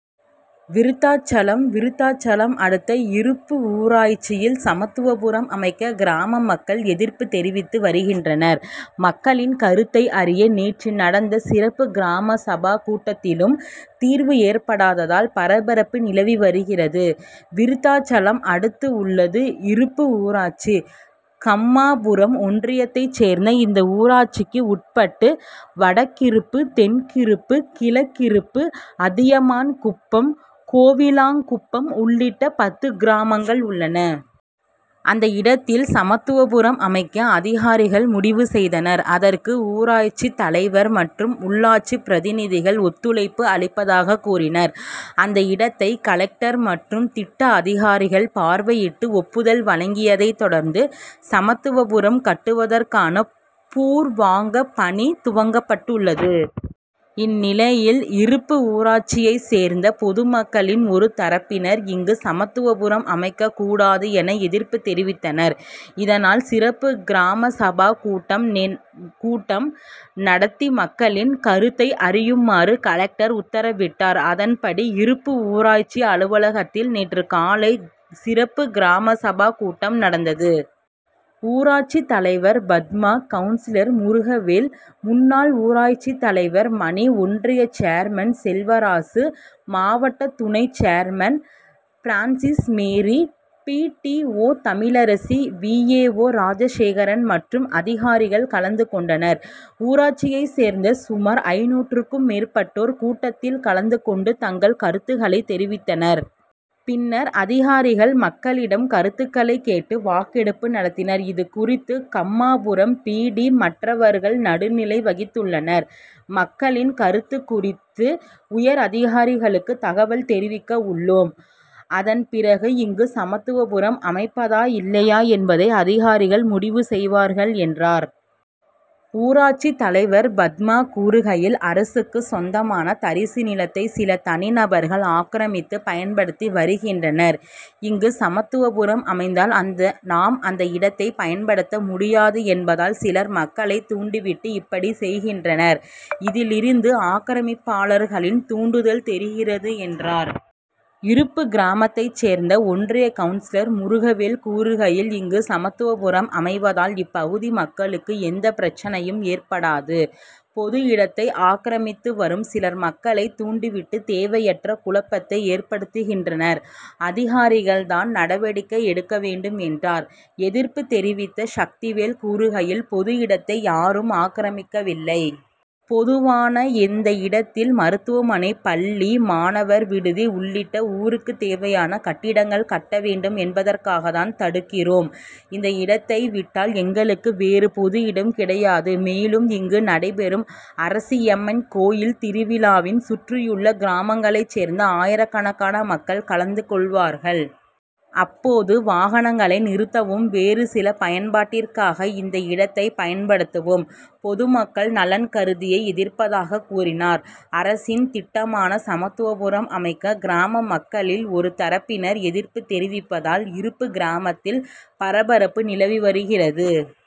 விருத்தாசலம் விருத்தாசலம் அடுத்த இருப்பு ஊராட்சியில் சமத்துவபுரம் அமைக்க கிராம மக்கள் எதிர்ப்பு தெரிவித்து வருகின்றனர். மக்களின் கருத்தை அறிய நேற்று நடந்த சிறப்பு கிராம சபா கூட்டத்திலும் தீர்வு ஏற்படாததால் பரபரப்பு நிலவி வருகிறது. விருத்தாசலம் அடுத்து உள்ளது இருப்பு ஊராட்சி. கம்மாபுரம் ஒன்றியத்தை சேர்ந்த இந்த ஊராட்சிக்கு உட்பட்டு வடக்கிருப்பு, தெற்கிருப்பு, கிழக்கிருப்பு, அதியமான்குப்பம், கோவிலாங்குப்பம் உள் ளிட்ட பத்து கிராமங்கள் உள்ளன. அந்த இடத்தில் சமத்துவபுரம் அமைக்க அதிகாரிகள் முடிவு செய்தனர். அதற்கு ஊராட்சி தலைவர் மற்றும் உள்ளாட்சி பிரதிநிதிகள் ஒத்துழைப்பு அளிப்பதாக கூறினர். அந்த இடத்தை கலெக்டர் மற்றும் திட்ட அதிகாரிகள் பார்வையிட்டு ஒப்புதல் வழங்கியதை தொடர்ந்து சமத்துவபுரம் கட்டுவதற்கான பூர் வாங்க பணி துவங்கப் பட்டுள்ளது. இந்நிலையில் இருப்பு ஊராட்சியை சேர்ந்த பொதுமக்களில் ஒரு தரப்பினர் இங்கு சமத்துவபுரம் அமைக்க கூடாது என எதிர்ப்பு தெரிவித்தனர். இதனால் சிறப்பு கிராம சபா கூட்டம் நடத்தி மக்களின் கருத்தை அறியுமாறு கலெக்டர் உத்தரவிட்டார். அதன்படி இருப்பு ஊராட்சி அலுவலகத்தில் நேற்று காலை சிறப்பு கிராம சபா கூட்டம் நடந் தது. ஊராட்சி தலைவர் பத்மா, கவுன்சிலர் முருகவேல், முன்னாள் ஊராட்சி தலைவர் மணி, ஒன்றிய சேர்மன் செல்வராசு, மாவட்ட துணை chairman Francis Mary, B. D. O., Tamilarasi, V. A. O., Rajasekaran மற்றும் அதிகாரிகள் கலந்து கொண்டனர். ஊராட்சியை சேர்ந்த சுமார் ஐந்நூறுக்கும் மேற்பட்டோர் கூட்டத்தில் கலந்து கொண்டு தங்கள் கருத்துகளை தெரிவித்தனர். பின் னர் அதிகாரிகள் மக்களிடம் கருத்துகளை கேட்டு வாக்கெடுப்பு நடத்தினர். இதுகுறித்து கம்மாபுரம் பி. டி. மற்றவர்கள் நடுநிலை வகித்துள்ளனர். மக்களின் கருத்து குறித்து உயர் அதிகாரிகளுக்கு தகவல் தெரிவிக்க உள்ளோம். அதன் பிறகு இங்கு சமத்துவபுரம் அமைப்பதா? இல்லையா என்பதை அதிகாரிகள் முடிவு செய்வார்கள் என்றார். ஊராட்சி தலைவர் பத்மா கூறுகையில், அரசுக்கு சொந்தமான தரிசு நிலத்தை சில தனி நபர்கள் ஆக்கிரமித்து பயன்படுத்தி வருகின்றனர். இங்கு சமத் துவபுரம் அமைந்தால் நாம் அந்த இடத்தை பயன்படுத்த முடியாது என்பதால் சிலர் மக்களை தூண்டிவிட்டு இப்படி செய்கின்றனர். இதிலிருந்து ஆக்கிரமிப்பாளர்களின் தூண்டுதல் தெரிகிறது என்றார். இருப்பு கிராமத்தை சேர்ந்த ஒன்றிய கவுன்சிலர் முருகவேல் கூறுகையில், இங்கு சமத்துவபுரம் அமைவதால் இப்பகுதி மக்களுக்கு எந்த பிரச்னையும் ஏற்படாது. பொது இடத்தை ஆக்கிரமித்து வரும் சிலர் மக்களை தூண்டி விட்டு தேவையற்ற குழப்பத்தை ஏற்படுத்துகின்றனர். அதிகாரிகள் தான் நடவடிக்கை எடுக்கவேண்டும் என்றார். எதிர்ப்பு தெரிவித்த சக்திவேல் கூறுகையில் பொது இடத்தை யாரும் ஆக்கிரமிக்கவில்லை. பொதுவான இந்த இடத்தில் மருத்துவமனை, பள்ளி, மாணவர் விடுதி உள்ளிட்ட ஊருக்கு தேவையான கட்டிடங்கள் கட்ட வேண்டும் என்பதற்காகதான் தடுக்கிறோம். இந்த இடத்தை விட்டால் எங்களுக்கு வேறு பொது இடம் கிடையாது. மேலும் இங்கு நடைபெறும் அரசியம்மன் கோவில் திருவிழாவில் சுற் றியுள்ள கிராமங்களை சேர்ந்த ஆயிரக்கணக்கான மக்கள் கலந்து கொள் வார்கள். அப்போது வாகனங்களை நிறுத்தவும், வேறு சில பயன்பாட் டிற்காக இந்த இடத்தை பயன்படுத்துவோம். பொதுமக்கள் நலன் கருதியே எதிர்ப்பதாக கூறினார். அரசின் திட்டமான சமத்துவபுரம் அமைக்க கிராம மக்களில் ஒரு தரப்பினர் எதிர்ப்பு தெரிவிப்பதால் இருப்பு கிராமத்தில் பரபரப்பு நிலவி வருகிறது.